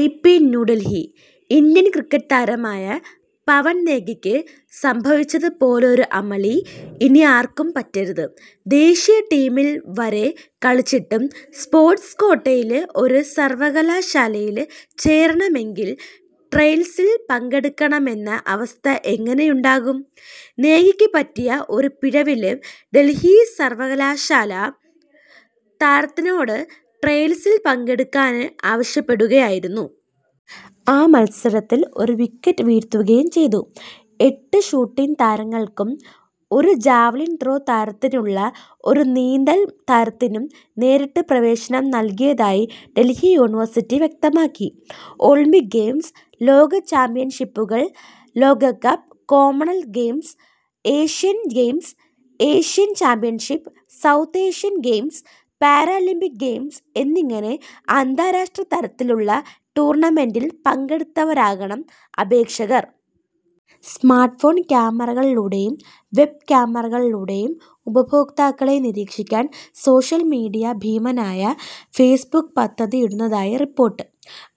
I. P. ന്യൂഡല്ഹി:ഇന്ത്യന് cricket താരമായ പവന് നേഗിക്ക് സംഭവിച്ചതു പോലൊരു അമളി ഇനി ആര്ക്കും പറ്റരുത്. ദേശീയ ടീമില് വരെ കളിച്ചിട്ടും സ്പോര്ട്സ് ക്വാട്ടയില് ഒരു സര്വകലാശാലയില് ചേരണമെങ്കില് ട്രയല്സില് പങ്കെടുക്കണമെന്ന അവസ്ഥ എങ്ങനെയുണ്ടാകും. നേഗിക്ക് പറ്റിയ ഒരു പിഴവില് ഡല്ഹി സര്വകലാശാല താരത്തിനോട് ട്രയല്സില് പങ്കെടുക്കാന് ആവശ്യപ്പെടുകയായിരുന്നു. ആ മത്സരത്തില് ഒരു വിക്കറ്റ് വീഴ്ത്തുകയും ചെയ്തു. എട്ട് ഷൂട്ടിങ് താരങ്ങള്ക്കും ഒരു ജാവലിന് ത്രോ താരത്തിനുള്ള ഒരു നീന്തല് താരത്തിനും നേരിട്ട് പ്രവേശനം നല്കിയതായി ഡല്ഹി യൂണിവേഴ്സ്റ്റി വ്യക്തമാക്കി. ഒളിമ്പിക് ഗെയിംസ്, ലോക ചാമ്പ്യന്ഷിപ്പുകൾ, ലോകകപ്പ്, Commonwealth games, Asian games, Asian championship, South Asian games, Paralympic games എന്നിങ്ങനെ അന്താരാഷ്ട്ര തലത്തിലുള്ള ടൂര്ണമെന്റില് പങ്കെടുത്തവരാകണം അപേക്ഷകര്. സ്മാര്ട്ട് ഫോണ് ക്യാമറകളിലൂടെയും വെബ് ക്യാമറകളിലൂടെയും ഉപഭോക്താക്കളെ നിരീക്ഷിക്കാന് സോഷ്യല് മീഡിയാ ഭീമനായ ഫെയ്സ്ബുക്ക് പദ്ധതിയിടുന്നതായി റിപ്പോര്ട്ട്.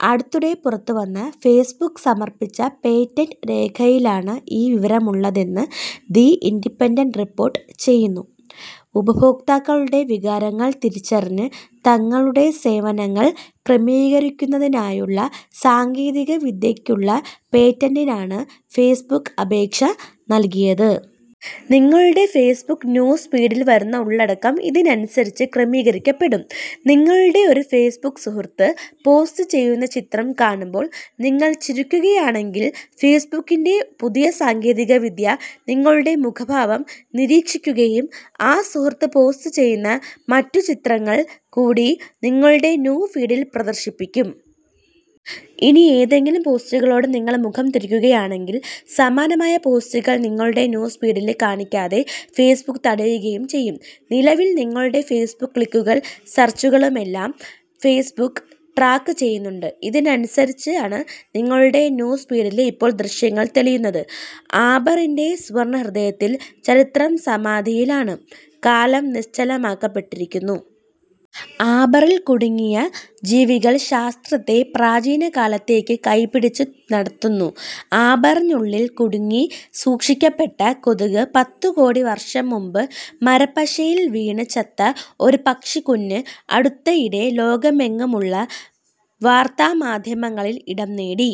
അടുത്തിടെ പുറത്തുവന്ന ഫെയ്സ്ബുക്ക് സമര്പ്പിച്ച പേറ്റന്റ് രേഖയിലാണ് ഈ വിവരമുള്ളതെന്ന് ദി ഇന്റിപെന്റന്റ് റിപ്പോര്ട്ട് ചെയ്യുന്നു. ഉപഭോക്താക്കളുടെ വികാരങ്ങള് തിരിച്ചറിഞ്ഞ് തങ്ങളുടെ സേവനങ്ങള് ക്രമീകരിക്കുന്നതിനായുള്ള സാങ്കേതിക വിദ്യയ്ക്കുള്ള പേറ്റന്റിനാണ് ഫെയ്സ്ബുക്ക് അപേക്ഷ നല്കിയത്. നിങ്ങളുടെ ഫേസ്ബുക്ക് ന്യൂസ് ഫീഡില് വരുന്ന ഉള്ളടക്കം ഇതിനനുസരിച്ച് ക്രമീകരിക്കപ്പെടും. നിങ്ങളുടെ ഒരു ഫേസ്ബുക്ക് സുഹൃത്ത് പോസ്റ്റ് ചെയ്യുന്ന ചിത്രം കാണുമ്പോള് നിങ്ങള് ചിരിക്കുകയാണെങ്കില് ഫേസ്ബുക്കിന്റെ പുതിയ സാങ്കേതിക വിദ്യ നിങ്ങളുടെ മുഖഭാവം നിരീക്ഷിക്കുകയും. ആ സുഹൃത്ത് പോസ്റ്റ് ചെയ്യുന്ന മറ്റുചിത്രങ്ങള് കൂടി നിങ്ങളുടെ ന്യൂ ഫീഡില് പ്രദര്ശിപ്പിക്കും. ഇനി ഏതെങ്കിലും പോസ്റ്റുകളോട് നിങ്ങള് മുഖം തിരിക്കുകയാണെങ്കില് സമാനമായ പോസ്റ്റുകള് നിങ്ങളുടെ ന്യൂസ്ഫീഡില് കാണിക്കാതെ ഫേസ്ബുക്ക് തടയുകയും ചെയ്യും. നിലവില് നിങ്ങളുടെ ഫേസ്ബുക്ക് ക്ലിക്കുകളും സെര്ച്ചുകളുമെല്ലാം ഫേസ്ബുക്ക് ട്രാക്ക് ചെയ്യുന്നുണ്ട്. ഇതിനനുസരിച്ചാണ് നിങ്ങളുടെ ന്യൂസ് ഫീഡില് ഇപ്പോള് ദൃശ്യങ്ങള് തെളിയുന്നത്. ആമ്പറിന്റെ സുവര്ണഹൃദയത്തില് ചരിത്രം സമാധിയിലാണ്, കാലം നിശ്ചലമാക്കപ്പെട്ടിരിക്കുന്നു. ആമ്പറില് കുടുങ്ങിയ ജീവികള് ശാസ്ത്രത്തെ പ്രാചീനകാലത്തേക്ക് കൈപ്പിടിച്ച് നടത്തുന്നു ആമ്പറിനുള്ളില് കുടുങ്ങി സൂക്ഷിക്കപ്പെട്ട കൊതുക് പത്തുകോടി വര്ഷം മുമ്പ് മരപ്പശയില് വീണ് ചത്ത ഒരു പക്ഷിക്കുഞ്ഞ് അടുത്തയിടെ ലോകമെങ്ങുമുള്ള വാര്ത്താമാധ്യമങ്ങളില് ഇടംനേടി.